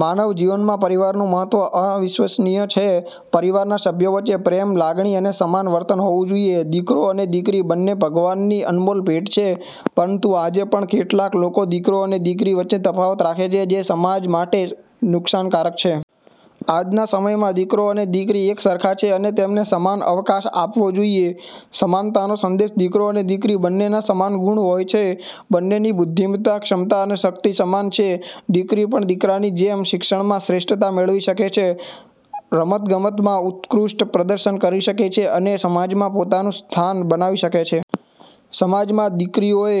માનવ જીવનમાં પરિવારનું મહત્વ અવિશ્વસનીય છે. પરિવારના સભ્યો વચ્ચે પ્રેમ, લાગણી અને સમાન વર્તન હોવું જોઈએ. દીકરો અને દીકરી બંને ભગવાનની અનમોલ ભેટ છે. પરંતુ આજે પણ કેટલાક લોકો દીકરો અને દીકરી વચ્ચે તફાવત રાખે છે, જે સમાજ માટે નુકસાનકારક છે. આજના સમયમાં દીકરો અને દીકરી એકસરખા છે, અને તેમને સમાન અવકાશ આપવો જોઈએ. સમાનતાનો સંદેશ દીકરો અને દીકરી બંનેમાં સમાન ગુણ હોય છે. બંનેની બુદ્ધિમત્તા, ક્ષમતા અને શક્તિ સમાન છે. દીકરી પણ દીકરાની જેમ શિક્ષણમાં શ્રેષ્ઠતા મેળવી શકે છે, રમતગમતમાં ઉત્કૃષ્ટ પ્રદર્શન કરી શકે છે અને સમાજમાં પોતાનું સ્થાન બનાવી શકે છે. સમાજમાં દીકરીઓએ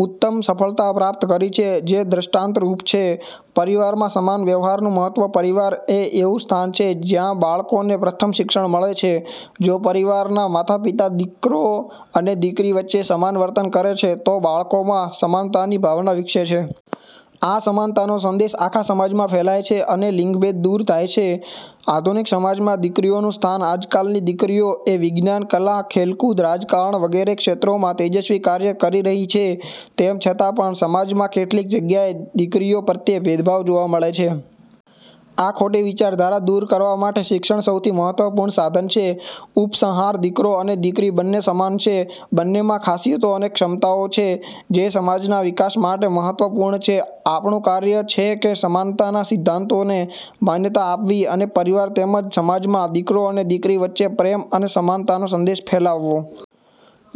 ઉત્તમ સફળતા પ્રાપ્ત કરી છે, જે દ્રષ્ટાંતરૂપ છે. પરિવારમાં સમાન વ્યવહારનું મહત્વ પરિવાર એ એવું સ્થાન છે જ્યાં બાળકોને પ્રથમ શિક્ષણ મળે છે. જો પરિવારના માતા-પિતા દીકરો અને દીકરી વચ્ચે સમાન વર્તન કરે છે, તો બાળકોમાં સમાનતાની ભાવના વિકસે છે. આ સમાનતાનો સંદેશ આખા સમાજમાં ફેલાય છે અને લિંગભેદ દૂર થાય છે. આધુનિક સમાજમાં દીકરીઓનું સ્થાન આજકાલની દીકરીઓ એ વિજ્ઞાન, કલા, ખેલકૂદ, રાજકારણ વગેરે ક્ષેત્રોમાં તેજસ્વી કાર્ય કરી રહી છે. તેમ છતાં પણ, સમાજમાં કેટલીક જગ્યાએ દીકરીઓ પ્રત્યે ભેદભાવ જોવા મળે છે. આ ખોટી વિચારધારા દૂર કરવા માટે શિક્ષણ સૌથી મહત્વપૂર્ણ સાધન છે. ઉપસંહાર દીકરો અને દીકરી બંને સમાન છે. બંનેમાં ખાસિયતો અને ક્ષમતાઓ છે, જે સમાજના વિકાસ માટે મહત્વપૂર્ણ છે. આપણું કાર્ય છે કે સમાનતા ના સિદ્ધાંતોને માન્યતા આપવી અને પરિવાર તેમજ સમાજમાં દીકરો અને દીકરી વચ્ચે પ્રેમ અને સમાનતાનો સંદેશ ફેલાવવો.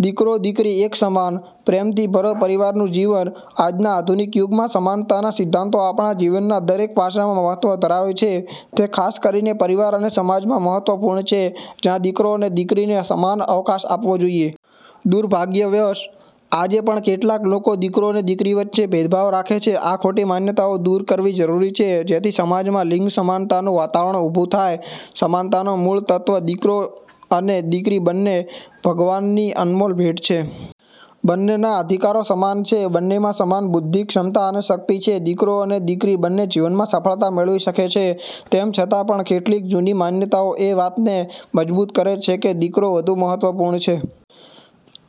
"દીકરો દીકરી એક સમાન, પ્રેમથી ભરો પરિવારનું જીવન" આજના આધુનિક યુગમાં સમાનતાના સિદ્ધાંતો આપણા જીવનના દરેક પાસામાં મહત્વ ધરાવે છે. તે ખાસ કરીને પરિવાર અને સમાજમાં મહત્વપૂર્ણ છે, જ્યાં દીકરો અને દીકરીને સમાન અવકાશ આપવો જોઈએ. દુર્ભાગ્યવશ, આજે પણ કેટલાક લોકો દીકરો અને દીકરી વચ્ચે ભેદભાવ રાખે છે. આ ખોટી માન્યતાઓ દૂર કરવી જરૂરી છે જેથી સમાજમાં લિંગ સમાનતાનું વાતાવરણ ઉભું થાય. સમાનતાનો મૂળ તત્વ દીકરો અને દીકરી બંને ભગવાનની અનમોલ ભેટ છે. બંનેના અધિકારો સમાન છે, બંનેમાં સમાન બુદ્ધિ, ક્ષમતા અને શક્તિ છે. દીકરો અને દીકરી બંને જીવનમાં સફળતા મેળવી શકે છે. તેમ છતાં પણ, કેટલીક જૂની માન્યતાઓ એ વાતને મજબૂત કરે છે કે દીકરો વધુ મહત્વપૂર્ણ છે.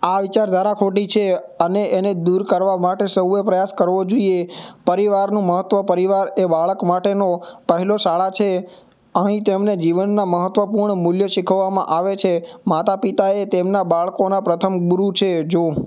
આ વિચારધારા ખોટી છે અને એને દૂર કરવા માટે સૌએ પ્રયાસ કરવો જોઈએ. પરિવારનું મહત્વ પરિવાર એ બાળક માટેનો પહેલો શાળા છે. અહીં તેમને જીવનના મહત્વપૂર્ણ મૂલ્યો શીખવામાં આવે છે. માતા-પિતા એ તેમના બાળકોના પ્રથમ ગુરુ છે. જો